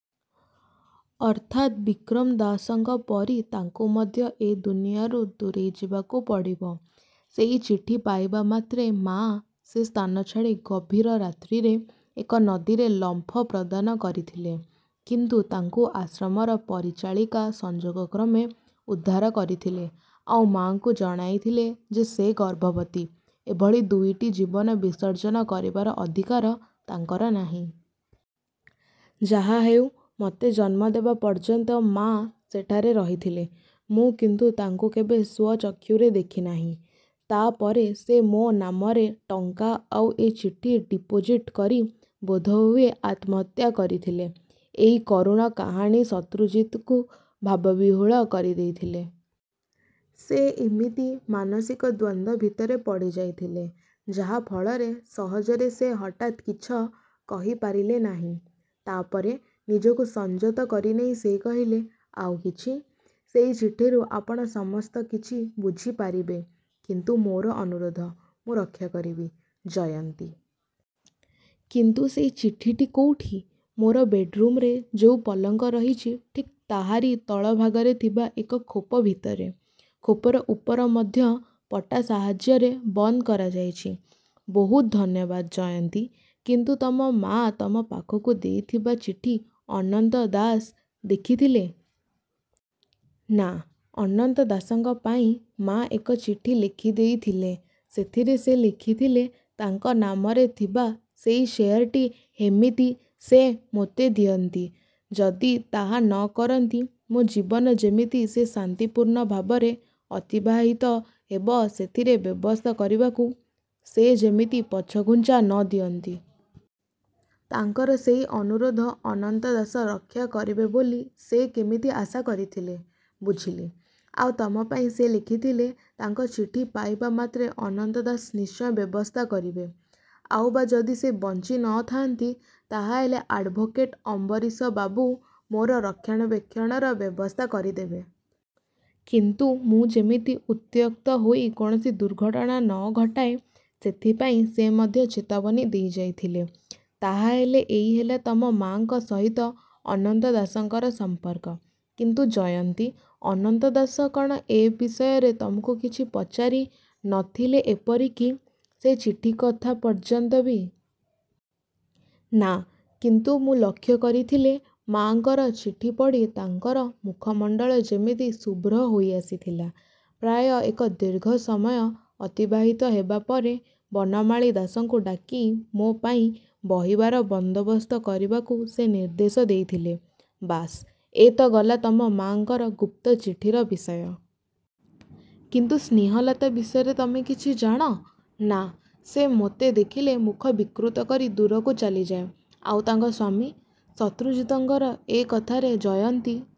ଅର୍ଥାତ୍ ବିକ୍ରମ ଦାସଙ୍କ ପରି ତାଙ୍କୁ ମଧ୍ୟ ଏ ଦୁନିଆରୁ ଦୂରେଇଯିବାକୁ ପଡ଼ିବ। ସେଇ ଚିଠି ପାଇବା ମାତ୍ରେ ମାଆ ସେ ସ୍ଥାନ ଛାଡ଼ି ଗଭୀର ରାତ୍ରିରେ ଏକ ନଦୀରେ ଲମ୍ଫ ପ୍ରଦାନ କରିଥିଲେ। କିନ୍ତୁ ତାଙ୍କୁ ଆଶ୍ରମର ପରିଚାଳିକା ସଂଯୋଗକ୍ରମେ ଉଦ୍ଧାର କରିଥିଲେ, ଆଉ ମାଆଙ୍କୁ ଜଣାଇଥିଲେ ଯେ ସେ ଗର୍ଭବତୀ; ଏଭଳି ଦୁଇଟି ଜୀବନ ବିସର୍ଜନ କରିବାର ଅଧିକାର ତାଙ୍କର ନାହିଁ। 'ଯାହାହେଉ, ମୋତେ ଜନ୍ମ ଦେବା ପର୍ଯ୍ୟନ୍ତ ମାଆ ସେଠାରେ ରହିଥିଲେ। ମୁଁ କିନ୍ତୁ ତାଙ୍କୁ କେବେ ସ୍ୱଚକ୍ଷୁରେ ଦେଖିନାହିଁ। ତା ପରେ ସେ ମୋ ନାମରେ ଟଙ୍କା ଆଉ ଏଇ ଚିଠି ଡିପୋଜିଟ କରି ବୋଧହୁଏ ଆତ୍ମହତ୍ୟା କରିଥିଲେ। ' ଏଇ କରୁଣ କାହାଣୀ ଶତ୍ରୁଜିତଙ୍କୁ ଭାବିବିହ୍ୱଳ କରିଦେଇଥିଲେ। ସେ ଇମିତି ମାନସିକ ଦ୍ୱନ୍ଦ୍ୱ ଭିତରେ ପଡ଼ିଯାଇଥିଲେ, ଯାହା ଫଳରେ ସହଜରେ ସେ ହଠାତ୍ କିଛ କହି ପାରିଲେ ନାହିଁ। ତା'ପରେ ନିଜକୁ ସଂଯତ କରିନେଇ ସେ କହିଲେ, 'ଆଉ କିଛି? ' 'ସେଇ ଚିଠିରୁ ଆପଣ ସସସ୍ତ କିଛି ବୁଝିପାରିବେ। କିନ୍ତୁ ମୋର ଅନୁରୋଧ' 'ମୁଁ ରକ୍ଷା କରିବି, ଜୟନ୍ତୀ! କିନ୍ତୁ ସେଇ ଚିଠିଟି କୋଉଠି? ' 'ମୋର ବେଡ଼୍ରୁମରେ ଯୋଉ ପଲଙ୍କ ରହିଛି ଠିକ୍ ତାହାରି ତଳଭାଗରେ ଥିବା ଏକ ଖୋପ ଭିତରେ। ଖୋପର ଉପର ମଧ୍ୟ ପଟା ସାହାଯ୍ୟରେ ବନ୍ଦ କରାଯାଇଛି। ' 'ବହୁତ ଧନ୍ୟବାଦ, ଜୟନ୍ତୀ! କିନ୍ତୁ ତମ ମାଆ ତମ ପାଖକୁ ଦେଇଥିବା ଚିଠି ଅନନ୍ତ ଦାସ ଦେଖିଥିଲେ? ' 'ନା ଅନନ୍ତ ଦାସଙ୍କ ପାଇଁ ମାଆ ଏକ ଚିଠି ଲେଖିଦେଇଥିଲେ। ସେଥିରେ ସେ ଲେଖିଥିଲେ, ତାଙ୍କ ନାମରେ ଥିବା ସେଇ ସେୟାରଟି ହେମିତି ସେ ମୋତେ ଦିଅନ୍ତି। ଯଦି ତାହା ନ କରନ୍ତି ମୋ ଜୀବନ ଯେମିତି ସେ ଶାନ୍ତିପୂର୍ଣ୍ଣ ଭାବରେ ଅତିବାହିତ ହେବ ସେଥିରେ ବ୍ୟବସ୍ଥା କରିବାକୁ ସେ ଯେମିତି ପଛଘୁଞ୍ଚା ନ ଦିଅନ୍ତି। ' 'ତାଙ୍କର ସେଇ ଅନୁରୋଧ ଅନନ୍ତ ଦାସ ରକ୍ଷା କରିବେ ବୋଲି ସେ କେମିତି ଆଶା କରିଥିଲେ? ' 'ବୁଝିଲି। ଆଉ ତମ ପାଇଁ' 'ସେ ଲେଖିଥିଲେ, ତାଙ୍କ ଚିଠି ପାଇବା ମାତ୍ରେ ଅନନ୍ତ ଦାସ ନିଶ୍ଚୟ ବ୍ୟବସ୍ଥା କରିବେ, ଆଉ ବା ଯଦି ସେ ବଞ୍ଚି ନ ଥାଆନ୍ତି ତା ହେଲେ ଆଡ଼ଭୋକେଟ ଅମ୍ବରୀଶବାବୁ ମୋର ରକ୍ଷଣାବେକ୍ଷଣର ବ୍ୟବସ୍ଥା କରିଦେବେ। କିନ୍ତୁ ମୁଁ ଯେମିତି ଉତ୍ତ୍ୟକ୍ତ ହୋଇ କୌଣସି ଦୁର୍ଘଟଣା ନ ଘଟାଏ, ସେଥିପାଇଁ ସେ ମଧ୍ୟ ଚେତାବନୀ ଦେଇଯାଇଥିଲେ। ' 'ତା ହେଲେ ଏଇ ହେଲା ତମ ମାଆଙ୍କ ସହିତ ଅନନ୍ତ ଦାସଙ୍କର ସଂପର୍କ? କିନ୍ତୁ ଜୟନ୍ତୀ, ଅନନ୍ତ ଦାସ କଣ ଏ ବିଷୟରେ ତମକୁ କିଛି ପଚାରି ନ ଥିଲେଏପରିକି ସେ ଚିଠି କଥା ପର୍ଯ୍ୟନ୍ତ ବି? ' 'ନା। କିନ୍ତୁ ମୁଁ ଲକ୍ଷ୍ୟ କରିଥିଲେ, ମାଆଙ୍କର ଚିଠି ପଢ଼ି ତାଙ୍କର ମୁଖମଣ୍ଡଳ ଯେମିତି ଶୁଭ୍ର ହେଇଆସିଥିଲା। ପ୍ରାୟ ଏକ ଦୀର୍ଘ ସମୟ ଅତିବାହିତ ହେବା ପରେ ବନମାଳୀ ଦାଦାଙ୍କୁ ଡାକି ମୋ ପାଇଁ ବହିବାର ବନ୍ଦୋବସ୍ତ କରିବାକୁ ସେ ନିର୍ଦ୍ଦେଶ ଦେଇଥିଲେ। ' 'ବାସ୍, ଏ ତ ଗଲା ତମ ମାଆଙ୍କର ଗୁପ୍ତ ଚିଠିର ବିଷୟ। କିନ୍ତୁ ସ୍ନେହଲତା ବିଷୟରେ ତମେ କିଛି ଜାଣ? ' ''ନା, ସେ ମୋତେ ଦେଖିଲେ ମୁଖ ବିକୃତ କରି ଦୂରକୁ ଚାଲିଯାଏ। ' 'ଆଉ ତାଙ୍କ ସ୍ୱାମୀ? ' ଶତ୍ରୁଜିତଙ୍କର ଏଇ କଥାରେ ଜୟନ୍ତୀ